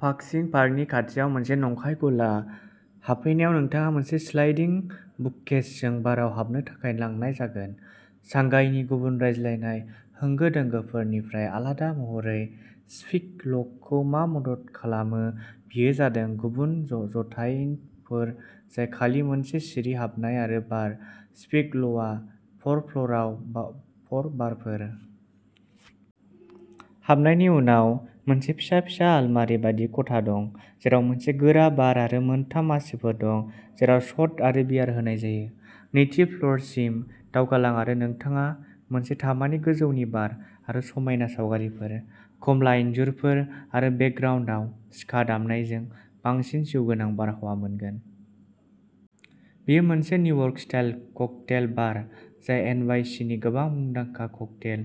फाक्सिं पार्कनि खाथियाव मोनसे नंखाय गला। हाबफैनायाव, नोंथाङा मोनसे स्लाइडिं बुककेसजों बारआव हाबनो थाखाय लांनाय जागोन। शांघाईनि गुबुन रायज्लायनाय होंगो-दोंगोफोरनिफ्राय आलादा महरै स्पीक ल'खौ मा मदद खालामो, बेयो जादों, गुबुन ज'थायन्टफोर जाय खालि मोनसे सिरि हाबनाय आरो बार, स्पीक ल'आ फर फ्ल'रआव फर बारफोर। हाबनायनि उनाव, मोनसे फिसा फिसा आलमारि बायदि खथा दं जेराव मोनसे गोरा बार आरो मोनथाम मासिफोर दं जेराव शट आरो बियार होनाय जायो। नैथि फ्ल'रसिम दावगालां आरो नोंथाङा मोनसे तामानि गोजौनि बार आरो समायना सावगारिफोर, कमला इनजुरफोर आरो बेकग्राउन्दआव स्का दामनायजों बांसिन जिउगोनां बारहावा मोनगोन। बेयो मोनसे निउयर्क-स्टाइल ककटेल बार, जाय एनवाईसीनि गोबां मुंदांखा ककटेल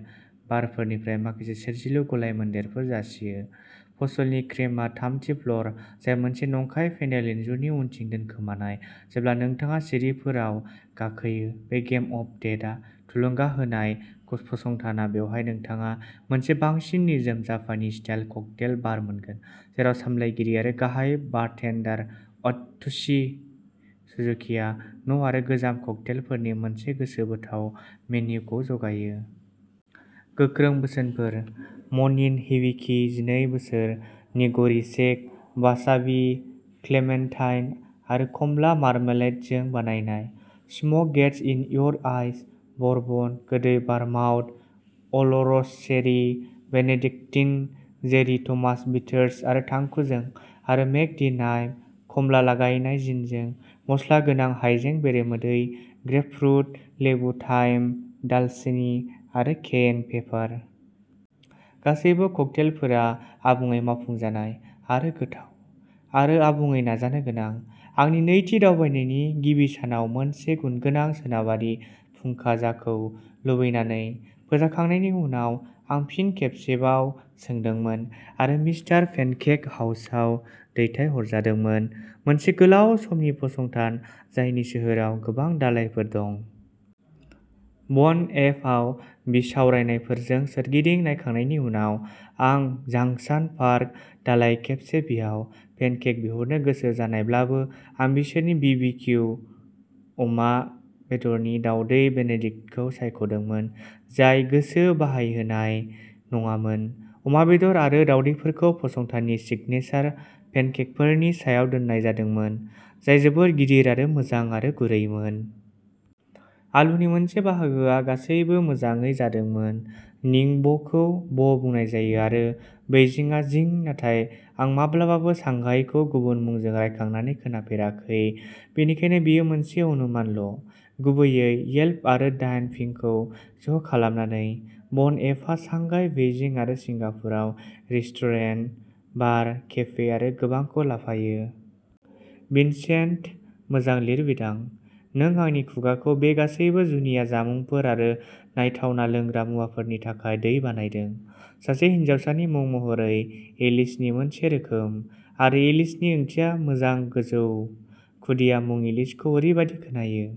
बारफोरनिफ्राय माखासे सोरजिलु गलायमोन्देरफोर जासियो। फसलनि क्रेमआ थामथि फ्ल'र, जाय मोनसे नंखाय पेनेल इनजुरनि उनथिं दोनखोमानाय, जेब्ला नोंथाङा सिरिफोराव गाखोयो। बे गेम अफ डेथआ थुलुंगा होनाय फसंथाना बेवहाय नोंथाङा मोनसे बांसिन निजोम जापानी-स्टाइल ककटेल बार मोनगोन जेराव सामलायगिरि आरो गाहाय बारटेन्डार अत्सुशि सुजुकिआ न'आरो गोजाम ककटेलफोरनि मोनसे गोसोबोथाव मेनुखौ जगायो। गोख्रों बोसोनफोर म'निन हिबिकि जिनै बोसोर, निग'रि सेक, वासाबि, क्लेमेन्टाइन आरो कमला मार्मालेडजों बानायनाय; smoke gets in your eyes, bourbon, गोदै vermouth, oloroso sherry, Benedictine, Jerry Thomas bitters आरो थांखुजों; आरो मेक दि नाइफ, खमला-लागायनाय जिनजों, मस्ला गोनां हायजें बेरेमोदै, ग्रेपफ्रुट, लेबु, थाइम, दालसिनि आरो केयेन पेपार। गासैबो ककटेलफोरा आबुङै मावफुंजानाय आरो गोथाव, आरो आबुङै नाजानो गोनां। आंनि नैथि दावबायनायनि गिबि सानाव मोनसे गुनगोनां सोनाबारि फुंखाजाखौ लुबैनानै फोजाखांनायनि उनाव, आं फिन खेबसेबाव सोंदोंमोन आरो मिस्टार पेनकेक हाउसआव दैथायहरजादोंमोन, मोनसे गोलाव समनि फसंथान जायनि सोहोराव गोबां दालायफोर दं। बन एप आव बिसावरायनायफोरजों सोरगिदिं नायखांनायनि उनाव, आं झांगशान पार्क दालाय खेबसे बियाव, पेनकेक बिहरनो गोसो जानायब्लाबो आं बिसोरनि बि बि किउ अमा बेदरनि दावदै बेनेडिक्टखौ सायख'दोंमोन, जाय गोसो बायहोनाय नङामोन। अमा बेदर आरो दावदैफोरखौ फसंथाननि सिगनेसार पेनकेकफोरनि सायाव दोननाय जादोंमोन, जाय जोबोद गिदिर आरो मोजां आरो गुरैमोन। आलुनि मोनसे बाहागोआ गासैबो मोजाङै जादोंमोन। निंब'खौ "ब'" बुंनाय जायो आरो बेइजिंआ "जिं", नाथाय आं माब्लाबाबो सांघाईखौ गुबुन मुंजों रायखांनाय खोनाफेराखै, बेनिखायनो बेयो मोनसे अनुमानल'। गुबैयै येल्प आरो डायानपिंखौ ज'खालामनानै, बन एपआ सांघाई, बेइजिं आरो सिंगापुराव रेस्टुरेन्ट, बार, केफे आरो गोबांखौ लाफायो। भिनसेन्ट-मोजां लिरबिदां! नों आंनि खुगाखौ बे गासैबो जुनिया जामुंफोर आरो नायथावना लोंग्रा मुवाफोरनि थाखाय दै बानायदों। सासे हिनजावसानि मुं महरै एलिसनि मोनसे रोखोम, आरो एलिसनि ओंथिया "मोजां, गोजौ"। खुदिया मुं एलिसखौ ओरैबादि खोनायो।